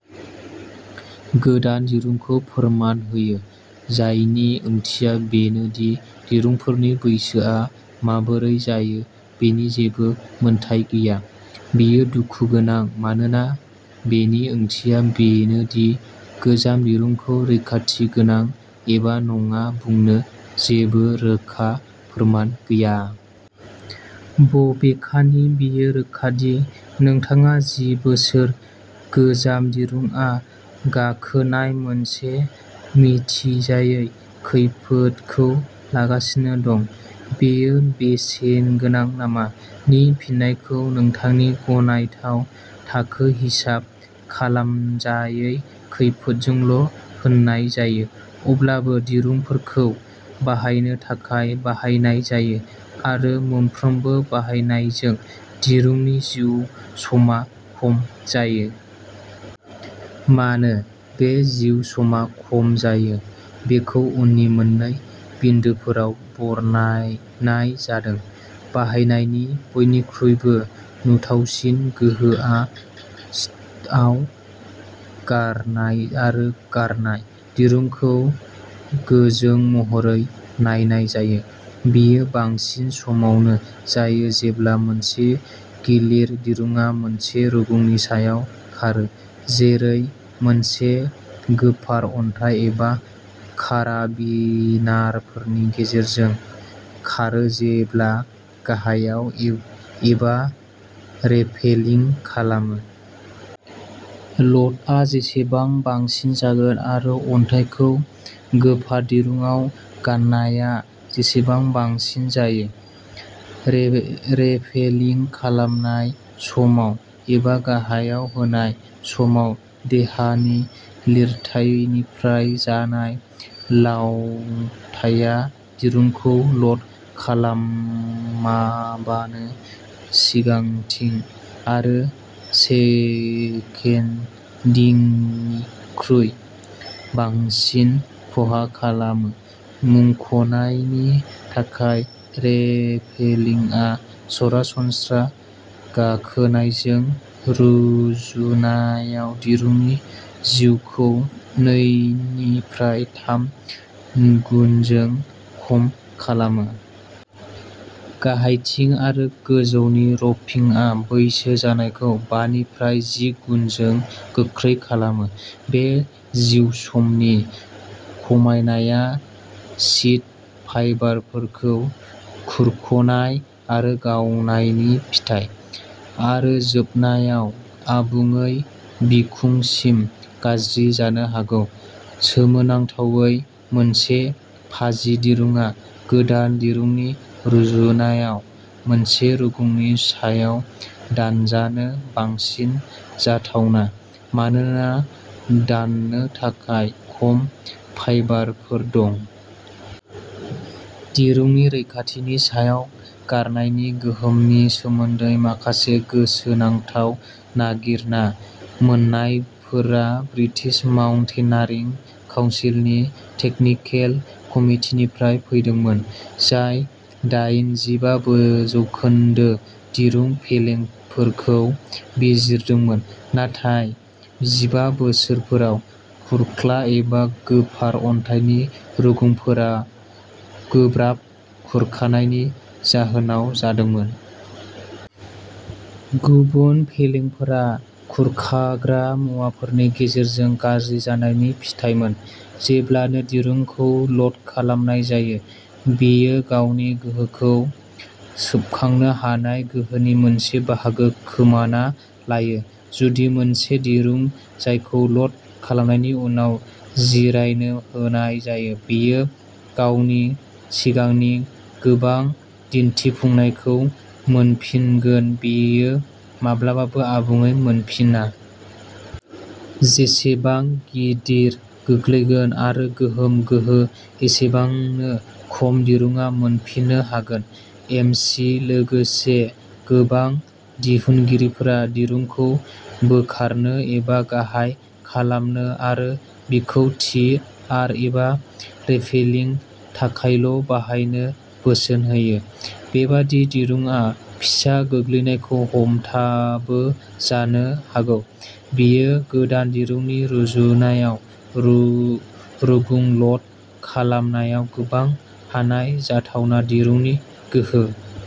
गोदान दिरुंफोरखौ फोरमान होयो। जायनि ओंथिया बेनो दि दिरुंफोरनि बैसोआ माबोरै जायो बेनि जेबो मानथाखो गैया। बेयो दुखु गोनां मानोना बेनि ओंथिया बेनो दि गोजाम दिरुंखौ रैखाथि गोनां एबा नङा बुंनो जेबो रोखा फोरमान गैया। बबेखानि, बेयो रोखा दि नोंथाङा जि बोसोर गोजाम दिरुंआव गाखोनाय मोनसे मिथिजायै खैफोदखौ लागासिनो दं। बेयो बेसेनगोनां नामा? नि फिननायखौ नोंथांनि गनायथाव थाखो हिसाब खालामजायै खैफोदजोंल' होनाय जायो। अब्लाबो दिरुंफोरखौ बाहायनो थाखाय बाहायनाय जायो आरो मोनफ्रोमबो बाहायनायजों, दिरुंनि जिउ समा खम जायो। मानो, बे जिउ समा खम जायो बेखौ उननि मोन्नै बिन्दोफोराव बरनायनाय जादों। बाहायनायनि बयनिख्रुइबो नुथावसिन गोहोआ सिथआव गारनाय आरो गारनाय, दिरुंखौ गोजों महरै नायनाय जायो। बेयो बांसिन समावनो जायो जेब्ला मोनसे गिलिर दिरुंआ मोनसे रुगुंनि सायाव खारो, जेरै मोनसे गोफार अन्थाइ एबा काराबिनारफोरनि गेजेरजों खारो जेब्ला गाहायाव एब एबा रेपेलिं खालामो। ल'डआ जेसेबां बांसिन जागोन आरो अन्थाइखौ गोफार दिरुंआव गान्नाया जेसेबां बांसिन जायो। रेबे रेपेलिं खालामनाय समाव एबा गाहायाव होनाय समाव देहानि लिरथाइनिफ्राय जानाय लावथाया दिरुंखौ ल'ड खालामालाबानो सिगांथिं आरो सेकेन्डिंनिख्रुइ बांसिन खहा खालामो। मुंख'नायनि थाखाय रेपेलिंआ सरासनस्रा गाखोनायजों रुजुनायाव दिरुंनि जिउखौ नैनिफ्राय थाम गुनजों खम खालामो। गाहायथिं आरो गोजौनि र'पिंआ बैसो जानायखौ बानिफ्राय जि गुनजों गोख्रै खालामो। बे जिउसमनि खमायनाया सिथ फाइबारफोरखौ खुरख'नाय आरो गावनायनि फिथाय, आरो जोबनायाव आबुङै बिखुंसिम गाज्रि जानो हागौ। सोमोनांथावै, मोनसे फाजि दिरुंआ गोदान दिरुंनि रुजुनायाव मोनसे रुगुंनि सायाव दानजानो बांसिन जाथावना मानोना दाननो थाखाय खम फाइबारफोर दं। दिरुंनि रैखाथिनि सायाव गारनायनि गोहोमनि सोमोन्दै माखासे गोसोनांथाव नागिरना मोन्नायफोरा ब्रिटिश माउन्टेनियारिं काउनसिलनि टेकनिकेल कमिटिनिफ्राय फैदोंमोन, जाय दायेनजिबाबो जौखोन्दो दिरुं फेलेंफोरखौ बिजिरदोंमोन। नाथाय जिबा बोसोरफोराव खुरख्ला एबा गोफार अन्थाइनि रुगुंफोरा गोब्राब खुरखानायनि जाहोनाव जादोंमोन। गुबुन फेलेंफोरा खुरखाग्रा मुवाफोरनि गेजेरजों गाज्रि जानायनि फिथायमोन। जेब्लानो दिरुंखौ ल'ड खालामनाय जायो, बेयो गावनि गोहोखौ सोबखांनो हानाय गोहोनि मोनसे बाहागो खोमाना लायो। जुदिबो मोनसे दिरुं जायखौ ल'ड खालामनायनि उनाव जिरायनो होनाय जायो, बेयो गावनि सिगांनि गोबां दिन्थिफुंनायखौ मोनफिनगोन, बेयो माब्लाबाबो आबुङै मोनफिना। जेसेबां गिदिर गोग्लैगोन आरो गोहोम गोहो एसेबांनो खम दिरुंआ मोनफिननो हागोन। एम सि लोगोसे गोबां दिहुनगिरिफोरा दिरुंखौ बोखारनो एबा गाहाय खालामनो आरो बेखौ टि आर एबा रेपेलिं थाखायल' बाहायनो बोसोन होयो। बेबादि दिरुंआ फिसा गोग्लैनायखौ हमथाबो जानो हागौ, बेयो गोदान दिरुंनि रुजुनायाव रुगुं ल'ड खालामनायाव गोबां हानाय जाथावना दिरुंनि गोहो।